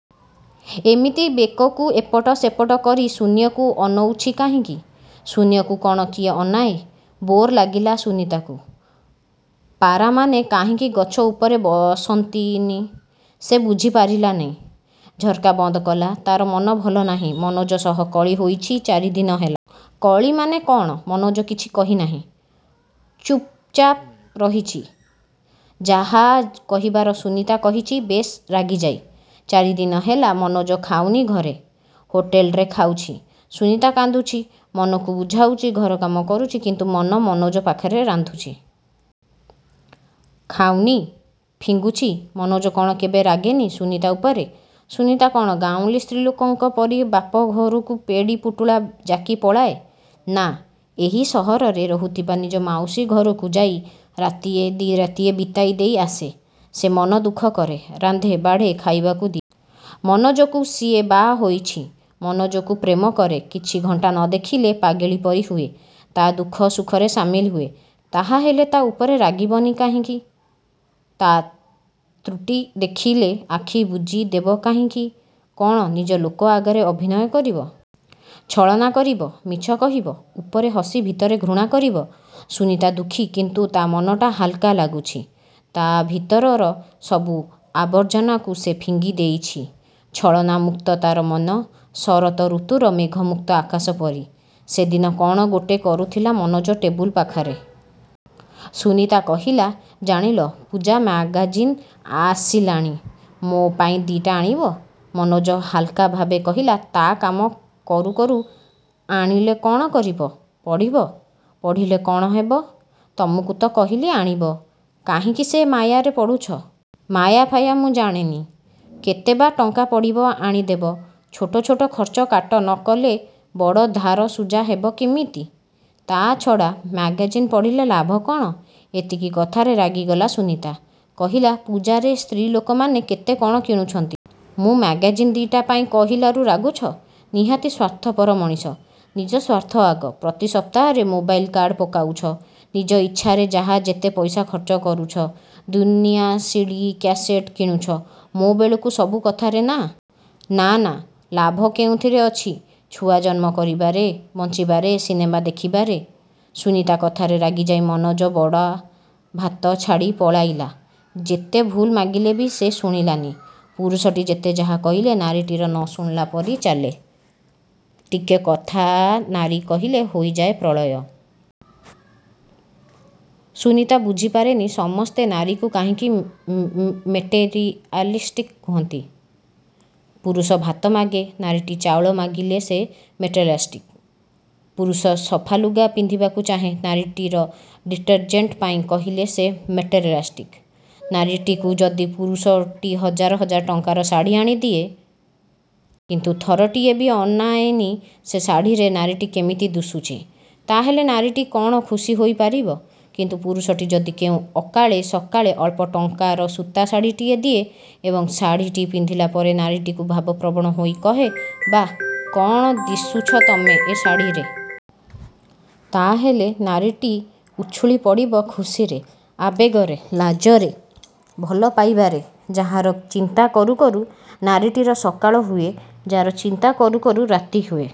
ଏମିତି ବେକକୁ ଏପଟ ସେପଟ କରି ଶୂନ୍ୟକୁ ଅନଉଛି କାହିଁକି? ଶୂନ୍ୟକୁ କ'ଣ କିଏ ଅନାଏ! ବୋର୍ ଲାଗିଲା ସୁନୀତାକୁ। ପାରାମାନେ କାହିଁକି ଗଛ ଉପରେ ବସନ୍ତିନି, ସେ ବୁଝିପାରିଲାନି। ଝର୍କା ବନ୍ଦ କଲା। ତା'ର ମନ ଭଲନାହିଁ। ମନୋଜ ସହ କଳି ହୋଇଛି ଚାରିଦିନ ହେଲା। କଳିମାନେ କ'ଣ? ମନୋଜ କିଛି କହି ନାହିଁ। ଚୂପ୍ଚାପ୍ ରହିଛି। ଯାହା କହିବାର ସୁନୀତା କହିଛି ବେଶ୍ ରାଗିଯାଇ। ଚାରିଦିନ ହେଲା ମନୋଜ ଖାଉନି ଘରେ। ହୋଟେଲରେ ଖାଉଛି। ସୁନୀତା କାନ୍ଦୁଛି। ମନକୁ ବୁଝାଉଛି। ଘର କାମ କରୁଛି। କିନ୍ତୁ ମନ ମନୋଜ ପାଖରେ। ରାନ୍ଧୁଛି। ଖାଉନି। ଫିଙ୍ଗୁଛି। ମନୋଜ କ'ଣ କେବେ ରାଗେନି ସୁନୀତା ଉପରେ? ସୁନୀତା କ'ଣ ଗାଉଁଲି ସ୍ତ୍ରୀଲୋକଙ୍କ ପରି ବାପଘରକୁ ପେଡ଼ି ପୁଟୁଳା ଜାକି ପଳାଏ। ନା, ଏହି ସହରରେ ରହୁଥିବା ନିଜ ମାଉସୀ ଘରକୁ ଯାଇ ରାତିଏ, ଦି'ରାତି ବିତାଇ ଦେଇ ଆସେ। ସେ ମନ ଦୁଃଖ କରେ, ରାନ୍ଧେ, ବାଢ଼େ ଖାଇବାକୁ ଦିଏ। ମନୋଜକୁ ସିଏ ବାହା ହୋଇଛି। ମନୋଜକୁ ପ୍ରେମ କରେ। କିଛି ଘଣ୍ଟା ନ ଦେଖିଲେ ପାଗିଳୀ ପରି ହୁଏ। ତା'ଦୁଃଖ ସୁଖରେ ସାମିଲ ହୁଏ। ତା'ହାଲେ ତା' ଉପରେ ରାଗିବନି କହିଁକି? ତା' ତ୍ରୁଟି ଦେଖିଲେ ଆଖି ବୁଜି ଦେବ କାହିଁକି? କ'ଣ ନିଜ ଲୋକ ଆଗରେ ଅଭିନୟ କରିବ? ଛଳନା କରିବ? ମିଛ କହିବ? ଉପରେ ହସି ଭିତରେ ଘୃଣା କରିବ? ସୁନୀତା ଦୁଃଖୀ କିନ୍ତୁ ତା'ମନଟା ହାଲ୍କା ଲାଗୁଛି। ତା'ଭିତରର ସବୁ ଆର୍ବଜନାକୁ ସେ ଫିଙ୍ଗି ଦେଇଛି। ଛଳନା ମୁକ୍ତ ତା'ର ମନ, ଶରତ ଋତୁର ମେଘମୁକ୍ତ ଆକାଶ ପରି। ସେଦିନ କ'ଣ ଗୋଟେ କରୁଥିଲା ମନୋଜ ଟେବୁଲ ପାଖରେ। ସୁନୀତା କହିଲା, ''ଜାଣିଲ, ପୂଜା ମ୍ୟାଗାଜିନ୍ ଆସିଲାଣି। ମୋ ପାଇଁ ଦି'ଟା ଆଣିବ। '' ମନୋଜ ହାଲ୍କାଭାବେ କହିଲା ତା' କାମ କରୁ କରୁ ''ଆଣିଲେ କ'ଣ କରିବ? '' ''ପଢ଼ିବି। '' -''ପଢ଼ିଲେ କ'ଣ ହେବ? '' -''ତମକୁ ତ କହିଲି ଆଣିବ? '' -''କାହିଁକି ସେ ମାୟାରେ ପଡ଼ୁଛ? '' -''ମାୟା ଫାୟା ମୁଁ ଜାଣିନି। କେତେବା ଟଙ୍କା ପଡ଼ିବ ଆଣିଦେବ। '' -''ଛୋଟ ଛୋଟ ଖର୍ଚ୍ଚ କାଟ ନ କଲେ ବଡ଼ ଧାର ସୁଝା ହେବ କେମିତି। '' ''ତା'ଛଡ଼ା ମ୍ୟାଗାଜିନ୍ ପଢ଼ିଲେ ଲାଭ କ'ଣ? '' ଏତିକି କଥାରେ ରାଗିଗଲା ସୁନୀତା। କହିଲା, ''ପୂଜାରେ ସ୍ତ୍ରୀଲୋକମାନେ କେତେ କ'ଣ କିଣୁଛନ୍ତି। ମୁଁ ମ୍ୟାଗାଜିନ୍ ଦି'ଟା ପାଇଁ କହିଲାରୁ ରାଗୁଛ। ନିହାତି ସ୍ୱାର୍ଥପର ମଣିଷ। ନିଜ ସ୍ୱାର୍ଥ ଆଗ। ପ୍ରତି ସପ୍ତାହରେ ମୋବାଇଲ୍ କାର୍ଡ଼ ପକାଉଛ। ନିଜ ଇଚ୍ଛାରେ ଯାହା ଯେତେ ପଇସା ଖର୍ଚ୍ଚ କରୁଛ। ଦୁନିଆ ସିଡ଼ି, କ୍ୟାସେଟ୍ କିଣୁଛ। ମୋ ବେଳକୁ ସବୁ କଥାରେ ନା ନା ନା। ଲାଭ କେଉଁଥିରେ ଅଛି? ଛୁଆ ଜନ୍ମ କରିବାରେ, ବଂଚିବାରେ ସିନେମା ଦେଖିବାରେ। '' ସୁନୀତା କଥାରେ ରାଗିଯାଇ ମନୋଜ ବଢ଼ା ଭାତ ଛାଡ଼ି ପଳାଇଲା। ଯେତେ ଭୁଲ ମାଗିଲେ ବି ସେ ଶୁଣିଲାନି। ପୁରୁଷଟି ଯେତେ ଯାହା କହିଲେ ନାରୀଟି ନ ଶୁଣିଲା ପରି ଚାଲେ, ଟିକେ କଥା ନାରୀ କହିଲେ ହୋଇଯାଏ ପ୍ରଳୟ। ସୁନୀତା ବୁଝିପାରେନି ସମସ୍ତେ ନାରୀକୁ କାହିଁକି ମେଟେରିଆଲ୍ଷ୍ଟିକ୍ କହନ୍ତି। ପୁରୁଷ ଭାତ ମାଗେ, ନାରୀଟି ଚାଉଳ ମାଗିଲେ ସେ ମେଟେରିଆଲ୍ଷ୍ଟିକ୍। ପୁରୁଷ ସଫାଲୁଗା ପିନ୍ଧିବାକୁ ଚାହେଁ, ନାରୀଟି ଡିଟରଜେଣ୍ଟ ପାଇଁ କହିଲେ ସେ ମେଟେରିଆଲ୍ଷ୍ଟିକ୍! ନାରୀଟିକୁ ଯଦି ପୁରୁଷଟି ହଜାର ହଜାର ଟଙ୍କାର ଶାଢ଼ୀ ଆଣି ଦିଏ। କିନ୍ତୁ ଥରଟିଏ ବି ଅନାଏନି ସେ ଶାଢ଼ୀରେ ନାରୀଟି କେମିତି ଦୁଶୁଛି, ତା'ହେଲେ ନାରୀଟି କ'ଣ ଖୁସି ହୋଇ ପାରିବ! କିନ୍ତୁ ପୁରୁଷଟି ଯଦି କେଉଁ ଅକାଳେ ସକାଳେ ଅଳ୍ପ ଟଙ୍କାର ସୂତା ଶାଢ଼ୀଟିଏ ଦିଏ ଏବଂ ଶାଢ଼ିଟି ପିନ୍ଧିଲା ପରେ ନାରୀଟିକୁ ଭାବପ୍ରବଣ ହୋଇ କହେ, ''ବାଃ, କ'ଣ ଦିଶୁଛ ତମେ ଏ ଶାଢ଼ୀରେ! '' ତା'ହେଲେ ନାରୀଟି ଉଛୁଳି ପଡ଼ିବ ଖୁସିରେ, ଆବେଗରେ, ଲାଜରେ, ଭଲପାଇବାରେ। ଯାହାର ଚିନ୍ତା କରୁ କରୁ ନାରୀଟିର ସକାଳ ହୁଏ। ଯା'ର ଚିନ୍ତା କରୁ କରୁ ରାତି ହୁଏ।